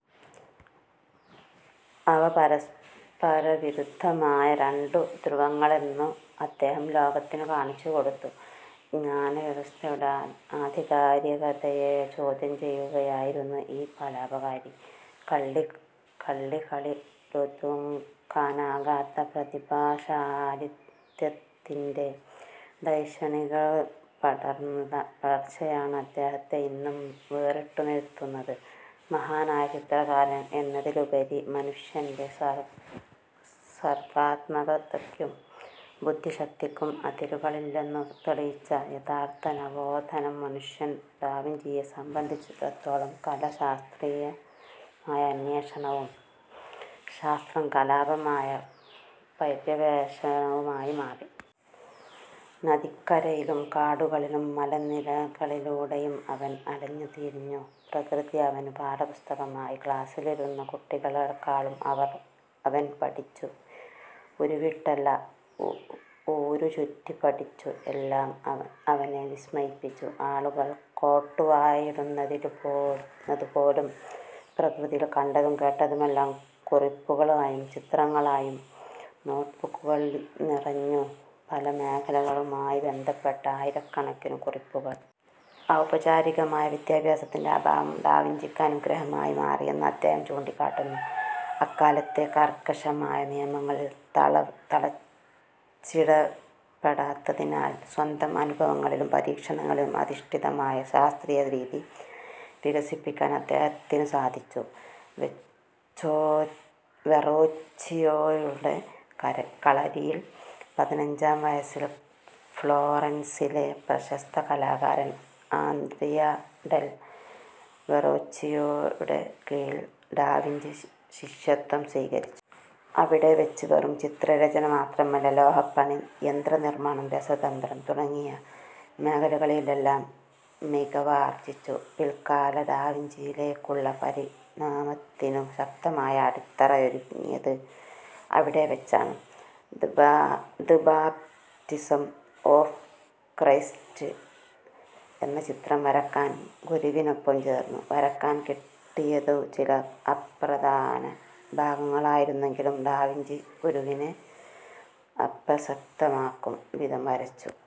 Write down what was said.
അവ പരസ്പരവിരുദ്ധമായ രണ്ടു ധ്രുവങ്ങളല്ലെന്നു അദ്ദേഹം ലോകത്തിനു കാണിച്ചുകൊടുത്തു. ജ്ഞാനവ്യവസ്ഥയുടെ ആധികാരികതയെ ചോദ്യം ചെയ്യുകയായിരുന്നു ഈ കലാപകാരി. കള്ളികളിലൊതുക്കാനാകാത്ത പ്രതിഭാശാലിത്വത്തിന്റെ ധൈഷണികപടർച്ചയാണ് അദ്ദേഹത്തെ ഇന്നും വേറിട്ടുനിർത്തുന്നത്. മഹാനായ ചിത്രകാരൻ എന്നതിലുപരി, മനുഷ്യന്റെ സർഗാത്മകതയ്ക്കും ബുദ്ധിശക്തിക്കും അതിരുകളില്ലെന്നു തെളിയിച്ച യഥാർഥ നവോത്ഥാന മനുഷ്യൻ. ഡാവിഞ്ചിയെ സംബന്ധിച്ചിടത്തോളം കല ശാസ്ത്രീയമായ അന്വേഷണവും ശാസ്ത്രം കലാപമായ പര്യവേഷണവുമായി മാറി. നദിക്കരയിലും കാടുകളിലും മലനിരകളിലൂടെയും അവൻ അലഞ്ഞുതിരിഞ്ഞു. പ്രകൃതി അവനു പാഠപുസ്തകമായി. ക്ലാസിലിരുന്ന കുട്ടികളേക്കാളും അവർ അവൻ പഠിച്ചു. ഉരുവിട്ടല്ല, ഊരുചുറ്റി പഠിച്ചു. എല്ലാം അവനെ വിസ്മയിപ്പിച്ചു; ആളുകൾ കോട്ടുവായിടുന്നതു പോലും. പ്രകൃതിയിൽ കണ്ടതും കേട്ടതുമെല്ലാം കുറിപ്പുകളായും ചിത്രങ്ങളായും നോട്ട്ബുക്കുകളിൽ നിറഞ്ഞു. പല മേഖലകളുമായി ബന്ധപ്പെട്ട ആയിരക്കണക്കിനു കുറിപ്പുകൾ. ഔപചാരികമായ വിദ്യാഭ്യാസത്തിന്റെ അഭാവം ഡാവിഞ്ചിക്ക് അനുഗ്രഹമായി മാറിയെന്ന് അദ്ദേഹം ചൂണ്ടിക്കാട്ടുന്നു. അക്കാലത്തെ കർക്കശമായ നിയമങ്ങളിൽ തളച്ചിടപ്പെടാത്തതിനാൽ, സ്വന്തം അനുഭവങ്ങളിലും പരീക്ഷണങ്ങളിലും അധിഷ്ഠിതമായ ശാസ്ത്രീയ രീതി വികസിപ്പിക്കാൻ അദ്ദേഹത്തിനു സാധിച്ചു. വെറോച്ചിയോയുടെ കളരിയിൽ പതിനഞ്ചാം വയസ്സിൽ ഫ്ലോറൻസിലെ പ്രശസ്ത കലാകാരൻ ആൻഡ്രിയ ഡെൽ വെറോച്ചിയോയുടെ കീഴിൽ ഡാവിഞ്ചി ശിഷ്യത്വം സ്വീകരിച്ചു. അവിടെ വച്ച് വെറും ചിത്രരചന മാത്രമല്ല, ലോഹപ്പണി, യന്ത്രനിർമാണം, രസതന്ത്രം തുടങ്ങിയ മേഖലകളിലെല്ലാം മികവാർജിച്ചു. പിൽക്കാല ഡാവിഞ്ചിയിലേക്കുള്ള പരിണാമത്തിനു ശക്തമായ അടിത്തറയൊരുങ്ങിയത് അവിടെ വച്ചാണ്. 'ദ് ബാപ്റ്റിസം ഓഫ് ക്രൈസ്റ്റ്' എന്ന ചിത്രം വരയ്ക്കാൻ ഗുരുവിനൊപ്പം ചേർന്നു. വരയ്ക്കാൻ കിട്ടിയതു ചില അപ്രധാന ഭാഗങ്ങളായിരുന്നെങ്കിലും ഡാവിഞ്ചി ഗുരുവിനെ അപ്രസക്തമാക്കും വിധം വരച്ചു.